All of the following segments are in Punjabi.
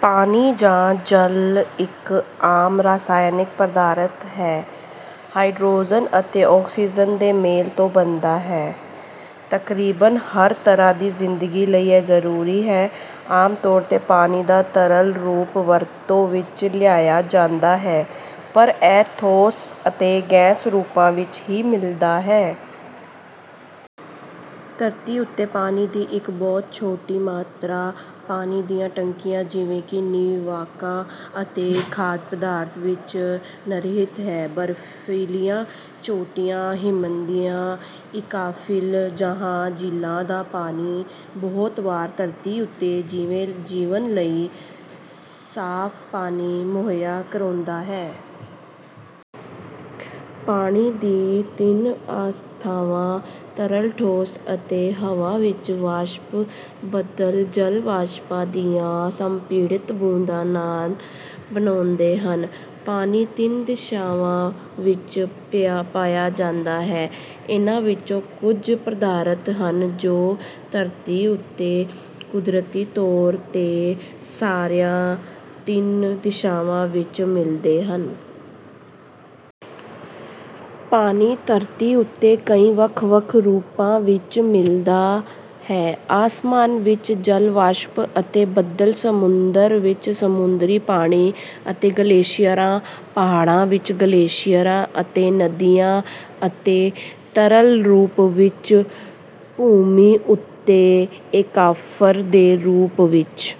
ਪਾਣੀ ਜਾਂ ਜਲ ਇੱਕ ਆਮ ਰਾਸਾਇਣਕ ਪਦਾਰਥ ਹੈ ਹਾਈਡ੍ਰੋਜਨ ਅਤੇ ਆਕਸੀਜਨ ਦੇ ਮੇਲ ਤੋਂ ਬਣਦਾ ਹੈ। ਤਕਰੀਬਨ ਹਰ ਤਰ੍ਹਾਂ ਦੀ ਜ਼ਿੰਦਗੀ ਲਈ ਇਹ ਜ਼ਰੂਰੀ ਹੈ। ਆਮ ਤੌਰ 'ਤੇ ਪਾਣੀ ਦਾ ਤਰਲ ਰੂਪ ਵਰਤੋਂ ਵਿੱਚ ਲਿਆਇਆ ਜਾਂਦਾ ਹੈ ਪਰ ਇਹ ਠੋਸ ਅਤੇ ਗੈਸ ਰੂਪਾਂ ਵਿੱਚ ਵੀ ਮਿਲਦਾ ਹੈ। ਧਰਤੀ ਉੱਤੇ ਪਾਣੀ ਦੀ ਇੱਕ ਬਹੁਤ ਛੋਟੀ ਮਾਤਰਾ ਪਾਣੀ ਦੀਆਂ ਟੈਂਕੀਆਂ, ਜਿਵੇ ਕਿ ਨਿਵਾਕਾ ਅਤੇ ਖਾਧ ਪਦਾਰਥ ਵਿੱਚ ਨਹਿਤ ਹੈ। ਬਰਫ਼ੀਲੀਆਂ ਚੋਟੀਆਂ, ਹਿਮਨਦੀਆਂ, ਏਕੁਆਵੀਫ਼ਰ ਜਾਂ ਝੀਲਾਂ ਦਾ ਪਾਣੀ ਬਹੁਤ ਵਾਰ ਧਰਤੀ ਉੱਤੇ ਜੀਵਨ ਲਈ ਸਾਫ਼ ਪਾਣੀ ਮੁਹੱਈਆ ਕਰਾਉਂਦਾ ਹੈ। ਪਾਣੀ ਦੀ ਤਿੰਨ ਅਵਸਥਾਵਾਂ: ਤਰਲ, ਠੋਸ, ਅਤੇ ਹਵਾ ਵਿੱਚ ਵਾਸ਼ਪ। ਬੱਦਲ ਜਲ ਵਾਸ਼ਪਾਂ ਦੀਆਂ ਸੰਪੀੜਤ ਬੂੰਦਾਂ ਨਾਲ ਬਣਾਉਦੇਂ ਹਨ। ਪਾਣੀ ਤਿੰਨ ਦਸ਼ਾਵਾਂ ਵਿੱਚ ਪਾਇਆ ਜਾਂਦਾ ਹੈ, ਇਨ੍ਹਾਂ ਵਿੱਚੋਂ ਕੁੱਝ ਪਦਾਰਥ ਹਨ ਜੋ ਧਰਤੀ ਉੱਤੇ ਕੁਦਰਤੀ ਤੌਰ 'ਤੇ ਸਾਰੀਆਂ ਤਿੰਨ ਦਸ਼ਾਵਾਂ ਵਿੱਚ ਮਿਲਦੇ ਹਨ। ਪਾਣੀ ਧਰਤੀ ਉੱਤੇ ਕਈ ਵੱਖ ਵੱਖ ਰੂਪਾਂ ਵਿੱਚ ਮਿਲਦਾ ਹੈ: ਆਸਮਾਨ ਵਿੱਚ ਜਲ ਵਾਸ਼ਪ ਅਤੇ ਬੱਦਲ; ਸਮੁੰਦਰ ਵਿੱਚ ਸਮੁੰਦਰੀ ਪਾਣੀ ਅਤੇ ਗਲੇਸ਼ੀਅਰਾਂ; ਪਹਾੜਾਂ ਵਿੱਚ ਗਲੇਸ਼ੀਅਰਾਂ ਅਤੇ ਨਦੀਆਂ; ਅਤੇ ਤਰਲ ਰੂਪ ਵਿੱਚ ਭੂਮੀ ਉੱਤੇ ਏਕੁਆਫਰ ਦੇ ਰੂਪ ਵਿੱਚ।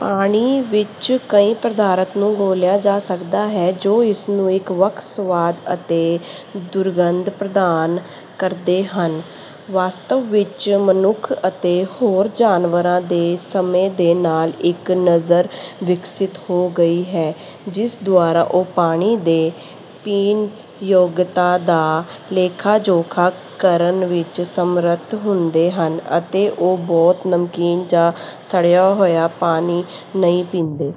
ਪਾਣੀ ਵਿੱਚ ਕਈ ਪਦਾਰਥ ਨੂੰ ਘੋਲਿਆ ਜਾ ਸਕਦਾ ਹੈ ਜੋ ਇਸਨੂੰ ਇੱਕ ਵੱਖ ਸਵਾਦ ਅਤੇ ਦੁਰਗੰਧ ਪ੍ਰਦਾਨ ਕਰਦੇ ਹਨ। ਵਾਸਤਵ ਵਿੱਚ, ਮਨੁੱਖ ਅਤੇ ਹੋਰ ਜਾਨਵਰਾਂ ਦੇ ਸਮੇਂ ਦੇ ਨਾਲ ਇੱਕ ਨਜ਼ਰ ਵਿਕਸਿਤ ਹੋ ਗਈ ਹੈ ਜਿਸ ਦੁਆਰਾ ਉਹ ਪਾਣੀ ਦੇ ਪੀਣਯੋਗਤਾ ਦਾ ਲੇਖਾ ਜੋਖਾ ਕਰਨ ਵਿੱਚ ਸਮਰੱਥ ਹੁੰਦੇ ਹਨ ਅਤੇ ਉਹ ਬਹੁਤ ਨਮਕੀਨ ਜਾਂ ਸੜਿਆ ਹੋਇਆ ਪਾਣੀ ਨਹੀਂ ਪੀਂਦੇ।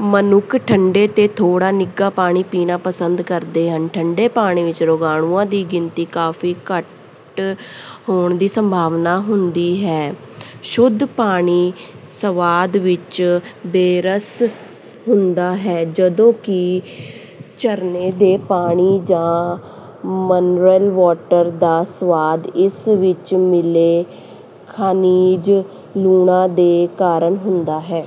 ਮਨੁੱਖ ਠੰਡੇ ਤੇ ਥੋੜਾ ਨਿੱਘਾ ਪਾਣੀ ਪੀਣਾ ਪਸੰਦ ਕਰਦੇ ਹਨ; ਠੰਡੇ ਪਾਣੀ ਵਿੱਚ ਰੋਗਾਣੂਆਂ ਦੀ ਗਿਣਤੀ ਕਾਫ਼ੀ ਘੱਟ ਹੋਣ ਦੀ ਸੰਭਾਵਨਾ ਹੁੰਦੀ ਹੈ। ਸ਼ੁੱਧ ਪਾਣੀ ਸਵਾਦ ਵਿੱਚ ਬੇਰਸ ਹੁੰਦਾ ਹੈ ਜਦੋਂ ਕਿ ਝਰਨੇ ਦੇ ਪਾਣੀ ਜਾਂ ਮਿਨਰਲ ਵਾਟਰ ਦਾ ਸਵਾਦ ਇਸ ਵਿੱਚ ਮਿਲੇ ਖਣਿਜ ਲੂਣਾਂ ਦੇ ਕਾਰਨ ਹੁੰਦਾ ਹੈ।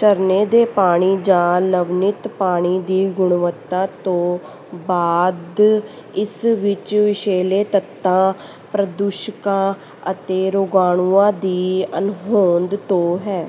ਝਰਨੇ ਦੇ ਪਾਣੀ ਜਾਂ ਲਵਣਿਤ ਪਾਣੀ ਦੀ ਗੁਣਵੱਤਾ ਤੋਂ ਬਾਅਦ ਇਸ ਵਿੱਚ ਵਿਸ਼ੈਲੇ ਤੱਤਾਂ, ਪ੍ਰਦੂਸ਼ਕਾਂ ਅਤੇ ਰੋਗਾਣੂਆਂ ਦੀ ਅਣਹੋਂਦ ਤੋਂ ਹੈ।